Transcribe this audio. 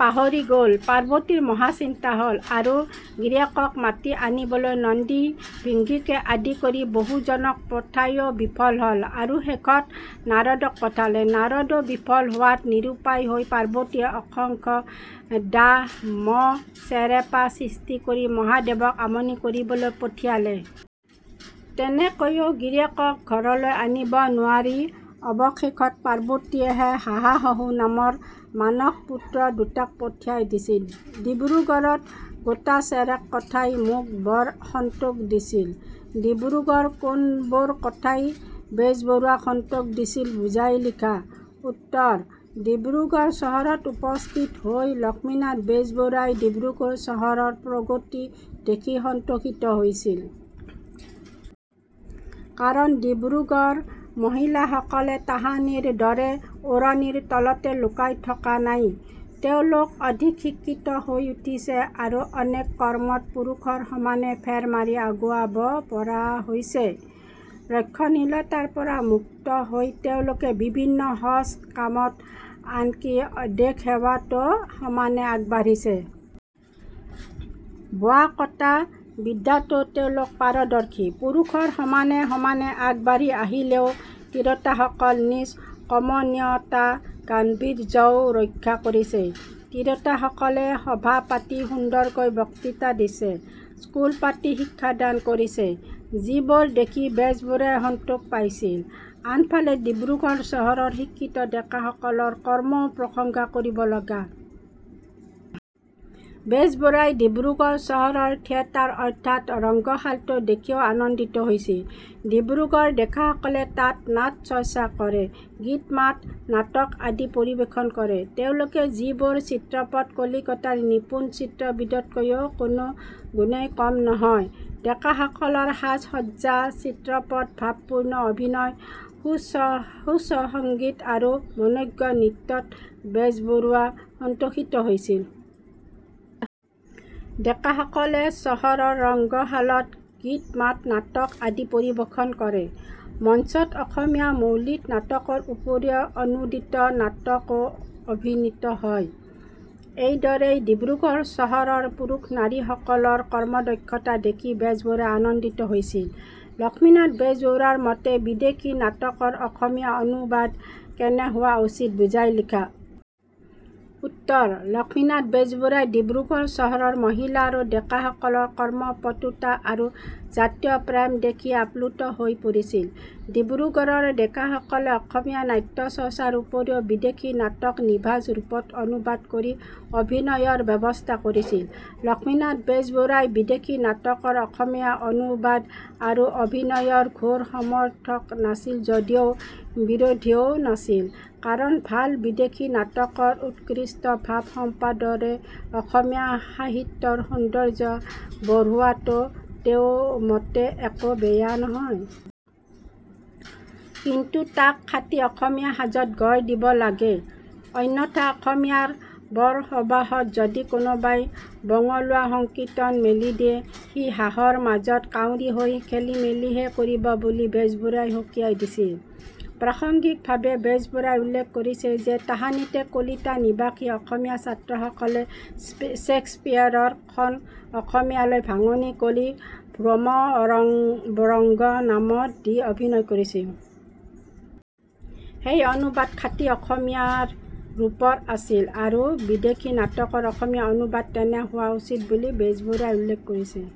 পাহৰি গ'ল। পাৰ্বতীৰ মহা চিন্তা হ'ল আৰু গিৰীয়েকক মাতি আনিবলৈ নন্দী-ভূংগীকে আদি কৰি বহুজনক পঠাইও বিফল হ'ল আৰু শেষত নাৰদক পঠালে। নাৰদো বিফল হোৱাত নিৰুপায় হৈ পাৰ্বতীয়ে অসংখ্য ডাঁহ, মহ, চেৰেপা সৃষ্টি কৰি মহাদেৱক আমনি কৰিবলৈ পঠিয়ালে। তেনেকৈও গিৰীয়েকক ঘৰলৈ আনিব নোৱাৰি অৱশেষত পাৰ্বতীয়ে হাহা-হুহু নামৰ মানস পুত্ৰ দুটাক পঠিয়াই দিছিল।। ডিব্ৰুগড়ত গোটাচেৰেক কথাই মোক বৰ সন্তোষ দিছিল'- ডিব্ৰুগড়ৰ কোনবোৰ কথাই বেজবৰুৱাক সন্তোষ দিছিল, বুজাই লিখা। উত্তৰঃ ডিব্ৰুগড় চহৰত উপস্থিত হৈ লক্ষ্মীনাথ বেজবৰুৱাই ডিব্ৰুগড় চহৰৰ প্ৰগতি দেখি সন্তোষিত হৈছিল। কাৰণ ডিব্ৰুগড়ৰ মহিলাসকলে তাহানিৰ দৰে ওৰণিৰ তলতে লুকাই থকা নাই। তেওঁলোক অধিক শিক্ষিত হৈ উঠিছে আৰু অনেক কৰ্মত পুৰুষৰ সমানে ফেৰ মাৰি আগুৱাব পৰা হৈছে। ৰক্ষণশীলতাৰ পৰা মুক্ত হৈ তেওঁলোকে বিভিন্ন সজ কামত আনকি দেশসেৱাতো সমানে আগবাঢ়িছে। বোৱা-কটা বিদ্যাতো তেওঁলোক পাৰদৰ্শী। পুৰুষৰ সমানে সমানে আগবাঢ়ি আহিলেও তিৰোতাসকল নিজ কমনীয়তা গাম্ভীৰ্যও ৰক্ষা কৰিছে। তিৰোতাসকলে সভা পাতি সুন্দৰকৈ বক্তৃতা দিছে, স্কুল পাতি শিক্ষা দান কৰিছে- যিবোৰ দেখি বেজবৰুৱাই সন্তোষ পাইছিল। আনফালে ডিব্ৰুগড় চহৰৰ শিক্ষিত ডেকা সকলৰ কৰ্মও প্ৰশংসা কৰিব লগা। বেজবৰুৱাই ডিব্ৰুগড় চহৰৰ থিয়েটাৰ অৰ্থাৎ ৰংগশালটো দেখিও আনন্দিত হৈছিল। ডিব্ৰুগড়ৰ ডেকাসকলে তাত নাট-চৰ্চা কৰে, গীত-মাত, নাটক আদি পৰিৱেশন কৰে। তেওঁলোকে যিবোৰ চিত্ৰপট, কলিকতাৰ নিপুন চিত্ৰবিদতকৈ কোনো গুণেই কম নহয়। ডেকাসকলৰ সাজ-সজ্জা, চিত্ৰপট, ভাবপূৰ্ণ অভিনয়, সুস্বৰ সংগীত আৰু মনোজ্ঞ নৃত্যত বেজবৰুৱা সন্তোষিত হৈছিল। ডেকা সকলে চহৰৰ ৰংগশালাত গীত-মাত, নাটক আদি পৰিবেশন কৰে। মঞ্চত অসমীয়া মৌলিক নাটকৰ উপৰিও অনূদিত নাটকো অভিনীত হয়। এনেদৰেই ডিব্ৰুগড় চহৰৰ পুৰুষ নাৰীসকলৰ কৰ্ম দক্ষতা দেখি বেজবৰুৱাই আনন্দিত হৈছিল।। লক্ষ্মীনাথ বেজবৰুৱাৰ মতে বিদেশী নাটকৰ অসমীয়া অনুবাদ কেনে হোৱা উচিত, বুজাই লিখা। উত্তৰ: লক্ষ্মীনাথ বেজবৰুৱাই ডিব্ৰুগড় চহৰৰ মহিলা আৰু ডেকাসকলৰ কৰ্ম পটুটা আৰু জাতীয় প্ৰেম দেখি আপ্লুত হৈ পৰিছিল। ডিব্ৰুগড়ৰৰ ডেকাসকলে অসমীয়া নাট্য চৰ্চাৰ উপৰিও বিদেশী নাটক নিভাঁজ ৰূপত অনুবাদ কৰি অভিনয়ৰ ব্যৱস্থা কৰিছিল। লক্ষ্মীনাথ বেজবৰুৱাই বিদেশী নাটকৰ অসমীয়া অনুবাদ আৰু অভিনয়ৰ ঘোৰ সমৰ্থক নাছিল যদিও বিৰোধীও নাছিল কাৰণ ভাল বিদেশী নাটকৰ উৎকৃষ্ট ভাব সম্পদৰে অসমীয়া সাহিত্যৰ সৌন্দৰ্য বঢ়োৱাটো তেওঁ মতে একো বেয়া নহয়। কিন্তু তাক খাটি অসমীয়া সাঁচত গঢ় দিব লাগে। অন্যথা অসমীয়াৰ বৰসবাহত যদি কোনোবাই বঙলুৱা সংকীৰ্তন মেলি দিয়ে, সি হাঁহৰ মাজত কাউৰী হৈ খেলিমেলিহে কৰিব বুলি বেজবৰুৱাই সকীয়াই দিছিল। প্ৰাসংগিকভাৱে বেজবৰুৱাই উল্লেখ কৰিছে যে তাহানিতে কলিকতা নিবাসী অসমীয়া ছাত্ৰসকলে শ্বেক্সপিয়েৰৰ '' খন অসমীয়ালৈ ভাঙনি কৰি 'ভ্ৰমৰংগ' নাম দি অভিনয় কৰিছিল। সেই অনুবাদ খাটি অসমীয়া ৰূপৰ আছিল আৰু বিদেশী নাটকৰ অসমীয়া অনুবাদ তেনে হোৱা উচিত বুলি বেজবৰুৱাই উল্লেখ কৰিছে।